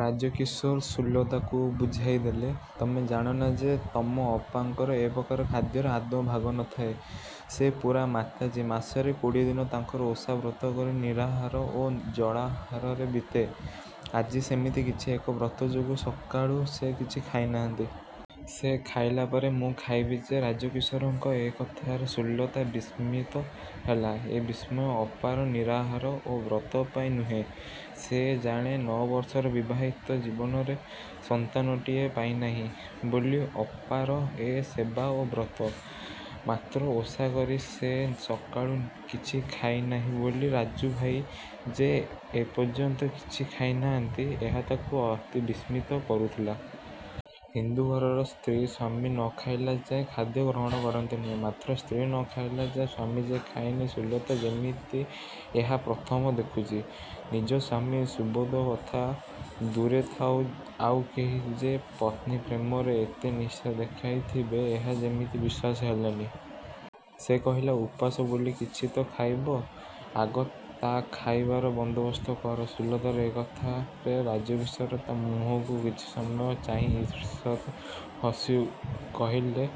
ରାଜକିଶୋର ସୁଲତାକୁ ବୁଝାଇଦେଲେ, "ତମେ ଜାଣନା ଯେ ତମ ଅପାଙ୍କର ଏ ପ୍ରକାର ଖାଦ୍ୟରେ ଆଦୌ ଭାଗ ନ ଥାଏ। ସେ ପୂରା ମାତାଜୀ ମାସରେ କୋଡ଼ିଏ ଦିନ ତାଙ୍କର ଓଷା ବ୍ରତ କରି ନିରାହାର ଓ ଜଳାହାରରେ ବିତେ। ଆଜି ସେମିତି କିଛି ଏକ ବ୍ରତ ଯୋଗୁ ସକାଳୁ ସେ କିଛି ଖାଇନାହାନ୍ତି। ସେ ଖାଇଲା ପରେ ମୁଁ ଖାଇବି ଯେ।"ରାଜକିଶୋରଙ୍କ ଏ କଥାରେ ସୁଲତା ବିସ୍ମିତ ହେଲା। ଏ ବିସ୍ମୟ ଅପାର ନିରାହାର ଓ ବ୍ରତ ପାଇଁ ନୁହେଁ। ସେ ଜାଣେ ନଅବର୍ଷର ବିବାହିତ ଜୀବନରେ ସନ୍ତାନଟିଏ ପାଇନାହିଁ ବୋଲି ଅପାର ଏ ସେବା ଓ ବ୍ରତ। ମାତ୍ର ଓଷାକରି ସେ ସକାଳୁ କିଛି ଖାଇନାହିଁ ବୋଲି ରାଜୁଭାଇ ଯେ ଏପର୍ଯ୍ୟନ୍ତ କିଛି ଖାଇନାହାନ୍ତି, ଏହା ତାକୁ ଅତି ବିସ୍ମିତ କରୁଥିଲା। ହିନ୍ଦୁ ଘରର ସ୍ତ୍ରୀ ସ୍ଵାମୀ ନ ଖାଇଲାଯାଏ ଖାଦ୍ୟ ଗ୍ରହଣ କରନ୍ତି ନାହିଁ। ମାତ୍ର ସ୍ତ୍ରୀ ନ ଖାଇଲା ଯାଏ ସ୍ଵାମୀ ଯେ ଖାଏନି, ସୁଲତା ଯେମିତି ଏହା ପ୍ରଥମ ଦେଖୁଚି। ନିଜ ସ୍ଵାମୀ ସୁବୋଧ କଥା ଦୂରେଥାଉ, ଆଉ କେହି ଯେ ପତ୍ନୀ ପ୍ରେମରେ ଏତେ ନିଷ୍ଠା ଦେଖାଇଥିବେ ଏହା ଯେମିତି ବିଶ୍ଵାସ ହେଲାନି। ସେ କହିଲା, "ଉପାସ ବୋଲି କିଛି ତ ଖାଇବ, ଆଗ ତା' ଖାଇବାର ବନ୍ଦୋବସ୍ତ କର।"ସୁଲତାର ଏ କଥାରେ ରାଜକିଶୋର ତା' ମୁହଁକୁ କିଛି ସମୟ ଚାହିଁ ଈଷତ୍ ହସି କହିଲେ,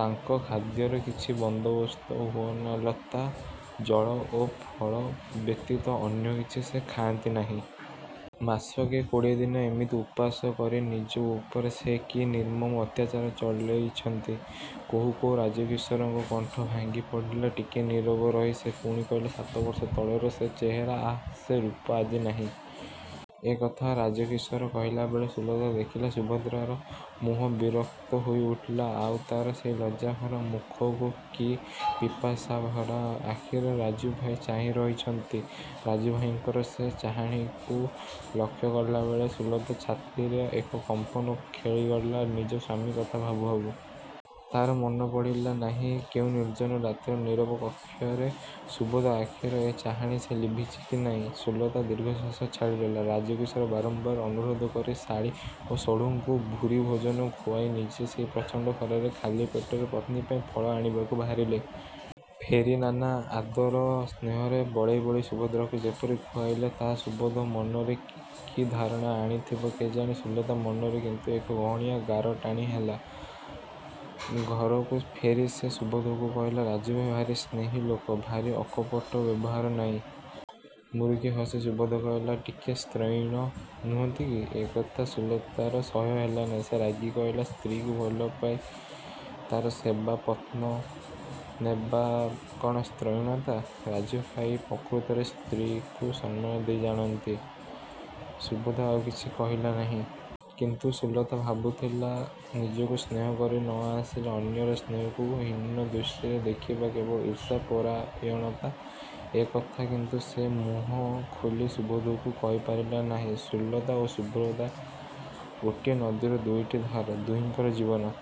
"ତାଙ୍କ ଖାଦ୍ୟର କିଛି ବନ୍ଦୋବସ୍ତ ହୁଏନା ଲତା, ଜଳ ଓ ଫଳ ବ୍ୟତୀତ ଅନ୍ୟ କିଛି ସେ ଖାଆନ୍ତି ନାହିଁ। ମାସକେ କୋଡ଼ିଏ ଦିନ ଏମିତି ଓପାସ କରି ନିଜ ଉପରେ ସେ କି ନିର୍ମମ ଅତ୍ୟାଚାର ଚଳେଇଛନ୍ତି।"କହୁ କହୁ ରାଜକିଶୋରଙ୍କ କଣ୍ଠ ଭାଙ୍ଗି ପଡ଼ିଲା ଟିକିଏ ନୀରବ ରହି ସେ ପୁଣି କହିଲେ, "ସାତବର୍ଷ ତଳର ସେ ଚେହେରା ଆଃ ସେ ରୂପ ଆଜି କାହିଁ? "ଏକଥା ରାଜକିଶୋର କହିଲାବେଳେ ସୁଲତା ଦେଖିଲା ସୁଭଦ୍ରାର ମୁହଁ ବିରକ୍ତ ହୋଇ ଉଠିଲା। ଆଉ ତାର ସେଇ ଲଜ୍ଜାଭରା ମୁଖକୁ କି ପିପାଶାଭରା ଆଖିରେ ରାଜୁଭାଇ ଚାହିଁ ରହିଛନ୍ତି। ରାଜୁଭାଇଙ୍କର ସେ ଚାହାଣୀକୁ ଲକ୍ଷ୍ୟ କଲାବେଳେ ସୁଲତା ଛାତିରେ ଏକ କମ୍ପନ ଖେଳିଗଲା ନିଜ ସ୍ୱାମୀ କଥା ଭାବୁ ଭାବୁ। ତାର ମନେପଡ଼ିଲା ନାହିଁ କେଉଁ ନିର୍ଜନ ରାତିର ନୀରବ କକ୍ଷରେ ସୁବୋଧ ଆଖିର ଏ ଚାହାଣୀ ସେ ଲଭିଚି କି ନାଇଁ। ସୁଲତା ଦୀର୍ଘଶ୍ଵାସ ଛାଡ଼ିଲା। ରାଜକିଶୋର ବାରମ୍ବାର ଅନୁରୋଧ କରି ଶାଳୀ ଓ ଶଢ଼ୁଙ୍କୁ ଭୁରି ଭୋଜନ ଖୁଆଇ ନିଜେ ସେହି ପ୍ରଚଣ୍ଡ ଖରାରେ, ଖାଲି ପେଟରେ ପତ୍ନୀ ପାଇଁ ଫଳ ଆଣିବାକୁ ବାହାରିଲେ। ଫେରି ନାନା ଆଦର ସ୍ନେହରେ ବଳେଇ ବଳେଇ ସୁଭଦ୍ରାକୁ ଯେପରି ଖୁଆଇଲେ, ତାହା ସୁବୋଧ ମନରେ କି ଧାରଣା ଆଣିଥିବ କେଜାଣି, ସୁଲତା ମନରେ କିନ୍ତୁ ଏକ ଗହୀରିଆ ଗାର ଟାଣି ଦେଲା। ଘରକୁ ଫେରି ସେ ସୁବୋଧକୁ କହିଲା, "ରାଜୁଭାଇ ଭାରି ସ୍ନେହୀ ଲୋକ, ଭାରି ଅକପଟ ବ୍ୟବହାର, ନାଇଁ? "ମୁରୁକି ହସି ସୁବୋଧ କହିଲା, "ଟିକିଏ ସ୍ତ୍ରୈଣ ନୁହନ୍ତି କି? "ଏକଥା ସୁଲତାର ସହ୍ୟ ହେଲା ନାହିଁ। ସେ ରାଗି କହିଲା, "ସ୍ତ୍ରୀକୁ ଭଲପାଇ ତାର ସେବାଯତ୍ନ ନେବା କ'ଣ ସ୍ତ୍ରୈଣତା? ରାଜୁଭାଇ ପ୍ରକୃତରେ ସ୍ତ୍ରୀକୁ ସମ୍ମାନ ଦେଇ ଜାଣନ୍ତି। " ସୁବୋଧ ଆଉ କିଛି କହିଲା ନାହିଁ। କିନ୍ତୁ ସୁଲତା ଭାବୁଥିଲା ନିଜକୁ ସ୍ନେହ କରି ନ ଆସିଲେ ଅନ୍ୟର ସ୍ନେହକୁ ହୀନ ଦୃଷ୍ଟିରେ ଦେଖିବା କେବଳ ଈର୍ଷାପରାୟଣତା, ଏକଥା କିନ୍ତୁ ସେ ମୁହଁ ଖୋଲି ସୁବୋଧକୁ କହିପାରିଲା ନାହିଁ। ସୁଲତା ଓ ସୁଭଦ୍ରା ଗୋଟିଏ ନଦୀର ଦୁଇଟି ଧାର! ଦୁହିଙ୍କର ଜୀବନ।